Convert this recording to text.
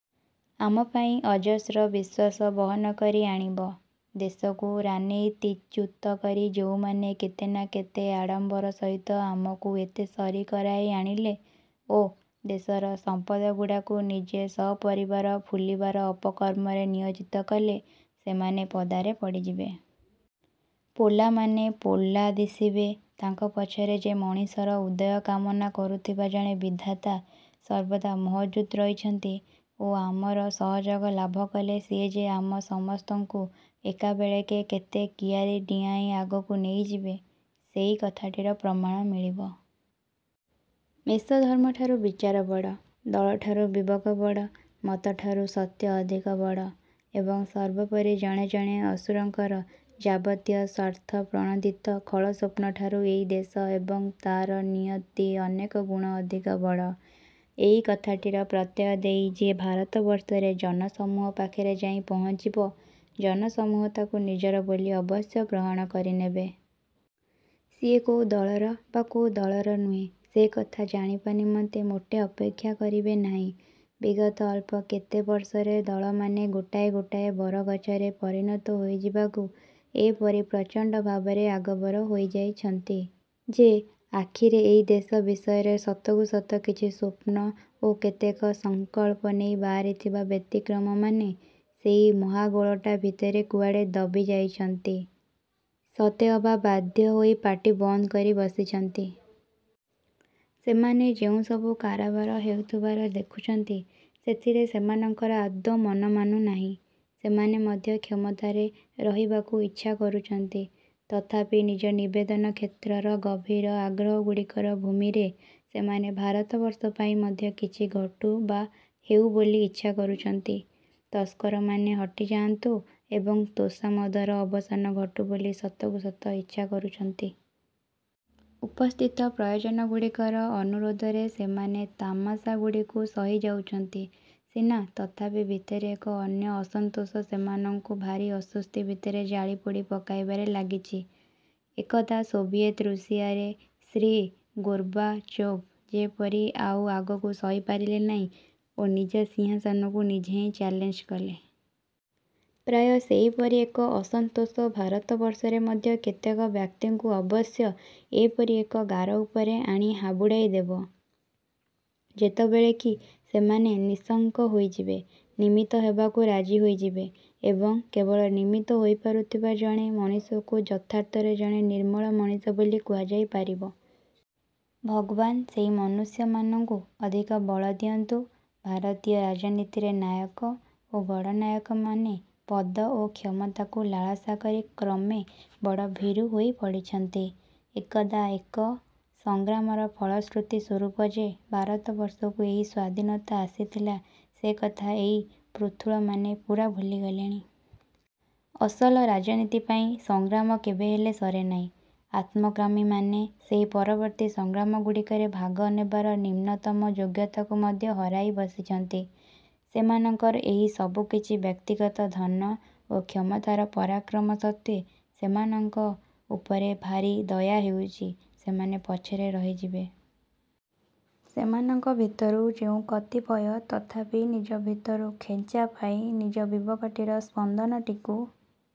ଆମ ପାଇଁ ଅଯସ୍ର ବିଶ୍ୱାସ ବହନ କରି ଆଣିବ। ଦେଶକୁ ରାନୀତିଚ୍ୟୁତ କରି ଯେଉଁମାନେ କେତେ ନା କେତେ ଆଡ଼ମ୍ବର ସହିତ ଆମକୁ ଏତେ ସରି କରାଇ ଆଣିଲେ ଓ ଦେଶର ସମ୍ପଦଗୁଡ଼ାକୁ ନିଜେ ସପରିବାର ଫୁଲିବାର ଅପକର୍ମରେ ନିୟୋଜିତ କଲେ ସେମାନେ ପଦାରେ ପଡ଼ିଯିବେ। ପୋଲାମାନେ ପୋଲା ଦିଶିବେ। ତାଙ୍କ ପଛରେ ଯେ ମଣିଷର ଉଦୟ କାମନା କରୁଥିବା ଜଣେ ବିଧାତା ସର୍ବଦା ମହଜୁଦ ରହିଛନ୍ତି ଓ ଆମର ସହଯୋଗ ଲାଭ କଲେ ସିଏ ଯେ ଆମ ସମସ୍ତଙ୍କୁ ଏକାବେଳେକେ କେତେ କିଆରୀ ଡ଼ିଆଁଇ ଆଗକୁ ନେଇଯିବେ ସେହି କଥାଟିର ପ୍ରମାଣ ମିଳିବ। ମେଷଧର୍ମ ଠାରୁ ବିଚାର ବଡ଼, ଦଳ ଠାରୁ ବିବେକ ବଡ଼, ମତ ଠାରୁ ସତ୍ୟ ଅଧିକ ବଡ଼ ଏବଂ ସର୍ବୋପରି ଜଣେ ଜଣେ ଅସୁରଙ୍କର ଯାବତୀୟ ସ୍ୱାର୍ଥପ୍ରଣୋଦିତ ଖଳସ୍ୱପ୍ନ ଠାରୁ ଏହି ଦେଶ ଏବଂ ତାର ନିୟତି ଅନେକଗୁଣ ଅଧିକ ବଡ଼, ଏହି କଥାଟିର ପ୍ରତ୍ୟୟ ଦେଇ ଯିଏ ଭାରତବର୍ଷରେ ଜନସମୂହ ପାଖରେ ଯାଇ ପହଞ୍ଚିବ, ଜନସମୂହ ତାକୁ ନିଜର ବୋଲି ଅବଶ୍ୟ ଗ୍ରହଣ କରିନେବେ। ସିଏ କୋଉ ଦଳର ବା କୋଉ ଦଳର ନୁହେଁ ସେ କଥା ଜାଣିବା ନିମନ୍ତେ ମୋଟେ ଅପେକ୍ଷା କରିବେ ନାହିଁ। ବିଗତ ଅଳ୍ପ କେତେ ବର୍ଷରେ ଦଳମାନେ ଗୋଟାଏ ଗୋଟାଏ ବରଗଛରେ ପରିଣତ ହୋଇଯିବାକୁ ଏପରି ପ୍ରଚଣ୍ଡ ଭାବରେ ଆଗଭର ହୋଇଯାଇଛନ୍ତି ଯେ ଆଖିରେ ଏହି ଦେଶ ବିଷୟରେ ସତକୁ ସତ କିଛି ସ୍ୱପ୍ନ ଓ କେତେକ ସଂକଳ୍ପ ନେଇ ବାହାରିଥିବା ବ୍ୟତିକ୍ରମମାନେ ସେହି ମହାଗୋଳଟା ଭିତରେ କୁଆଡ଼େ ଦବି ଯାଇଛନ୍ତି, ସତେଅବା ବାଧ୍ୟ ହୋଇ ପାଟି ବନ୍ଦ କରି ବସିଛନ୍ତି। ସେମାନେ ଯେଉଁସବୁ କାରବାର ହେଉଥିବାର ଦେଖୁଛନ୍ତି, ସେଥିରେ ସେମାନଙ୍କର ଆଦୌ ମନ ମାନୁନାହିଁ। ସେମାନେ ମଧ୍ୟ କ୍ଷମତାରେ ରହିବାକୁ ଇଚ୍ଛା କରୁଛନ୍ତି ତଥାପି ନିଜ ନିବେଦନ କ୍ଷେତ୍ରର ଗଭୀର ଆଗ୍ରହଗୁଡ଼ିକର ଭୂମିରେ ସେମାନେ ଭାରତବର୍ଷ ପାଇଁ ମଧ୍ୟ କିଛି ଘଟୁ ବା ହେଉ ବୋଲି ଇଚ୍ଛା କରୁଛନ୍ତି, ତସ୍କରମାନେ ହଟିଯାଆନ୍ତୁ ଏବଂ ତୋଷାମଦର ଅବସାନ ଘଟୁ ବୋଲି ସତକୁ ସତ ଇଚ୍ଛା କରୁଛନ୍ତି। ଉପସ୍ଥିତ ପ୍ରୟୋଜନଗୁଡ଼ିକର ଅନୁରୋଧରେ ସେମାନେ ତାମସାଗୁଡ଼ିକୁ ସହି ଯାଉଛନ୍ତି ସିନା ତଥାପି ଭିତରେ ଏକ ଅନ୍ୟ ଅସନ୍ତୋଷ ସେମାନଙ୍କୁ ଭାରି ଅଶ୍ୱସ୍ତି ଭିତରେ ଜାଳି ପୋଡ଼ି ପକାଇବାରେ ଲାଗିଛି। ଏକଦା ସୋଭିଏତ୍ ଋଷିଆରେ ଶ୍ରୀ ଗୋର୍ବାଚୋଭ୍ ଯେପରି ଆଉ ଆଗକୁ ସହି ପାରିଲେ ନାହିଁ ଓ ନିଜ ସିଂହାସନକୁ ନିଜେ ହିଁ ଚ୍ୟାଲେଞ୍ଜ କଲେ। ପ୍ରାୟ ସେହିପରି ଏକ ଅସନ୍ତୋଷ ଭାରତବର୍ଷରେ ମଧ୍ୟ କେତେକ ବ୍ୟକ୍ତିଙ୍କୁ ଅବଶ୍ୟ ଏପରି ଏକ ଗାର ଉପରେ ଆଣି ହାବୁଡ଼ାଇ ଦେବ, ଯେତେବେଳେ କି ସେମାନେ ନିଃଶଙ୍କ ହୋଇଯିବେ, ନିମିତ୍ତ ହେବାକୁ ରାଜି ହୋଇଯିବେ। ଏବଂ କେବଳ ନିମିତ୍ତ ହୋଇପାରୁଥିବା ଜଣେ ମଣିଷକୁ ଯଥାର୍ଥରେ ଜଣେ ନିର୍ମଳ ମଣିଷ ବୋଲି କୁହାଯାଇ ପାରିବ। ଭଗବାନ ସେହି ମନୁଷ୍ୟମାନଙ୍କୁ ଅଧିକ ବଳ ଦିଅନ୍ତୁ। ଭାରତୀୟ ରାଜନୀତିରେ ନାୟକ ଓ ଗଡ଼ନାୟକମାନେ ପଦ ଓ କ୍ଷମତାକୁ ଲାଳସା କରି କ୍ରମେ ବଡ଼ ଭୀରୁ ହୋଇ ପଡ଼ିଛନ୍ତି। ଏକଦା ଏକ ସଂଗ୍ରାମର ଫଳଶ୍ରୁତି ସ୍ୱରୂପ ଯେ ଭାରତବର୍ଷକୁ ଏହି ସ୍ଵାଧୀନତା ଆସିଥିଲା ସେ କଥା ଏହି ପୃଥୁଳମାନେ ପୂରା ଭୁଲିଗଲେଣି। ଅସଲ ରାଜନୀତି ପାଇଁ ସଂଗ୍ରାମ କେବେହେଲେ ସରେନାହିଁ। ଆତ୍ମକାମୀମାନେ ସେହି ପରବର୍ତ୍ତୀ ସଂଗ୍ରାମଗୁଡ଼ିକରେ ଭାଗ ନେବାର ନିମ୍ନତମ ଯୋଗ୍ୟତାକୁ ମଧ୍ୟ ହରାଇ ବସିଛନ୍ତି। ସେମାନଙ୍କର ଏହି ସବୁକିଛି ବ୍ୟକ୍ତିଗତ ଧନ ଓ କ୍ଷମତାର ପରାକ୍ରମ ସତ୍ତ୍ୱେ ସେମାନଙ୍କ ଉପରେ ଭାରି ଦୟା ହେଉଛି। ସେମାନେ ପଛରେ ରହିଯିବେ। ସେମାନଙ୍କ ଭିତରୁ ଯେଉଁ କତିପୟ ତଥାପି ନିଜ ଭିତରୁ ଖେଞ୍ଚା ପାଇ ନିଜ ବିବେକଟିର ସ୍ପନ୍ଦନଟିକୁ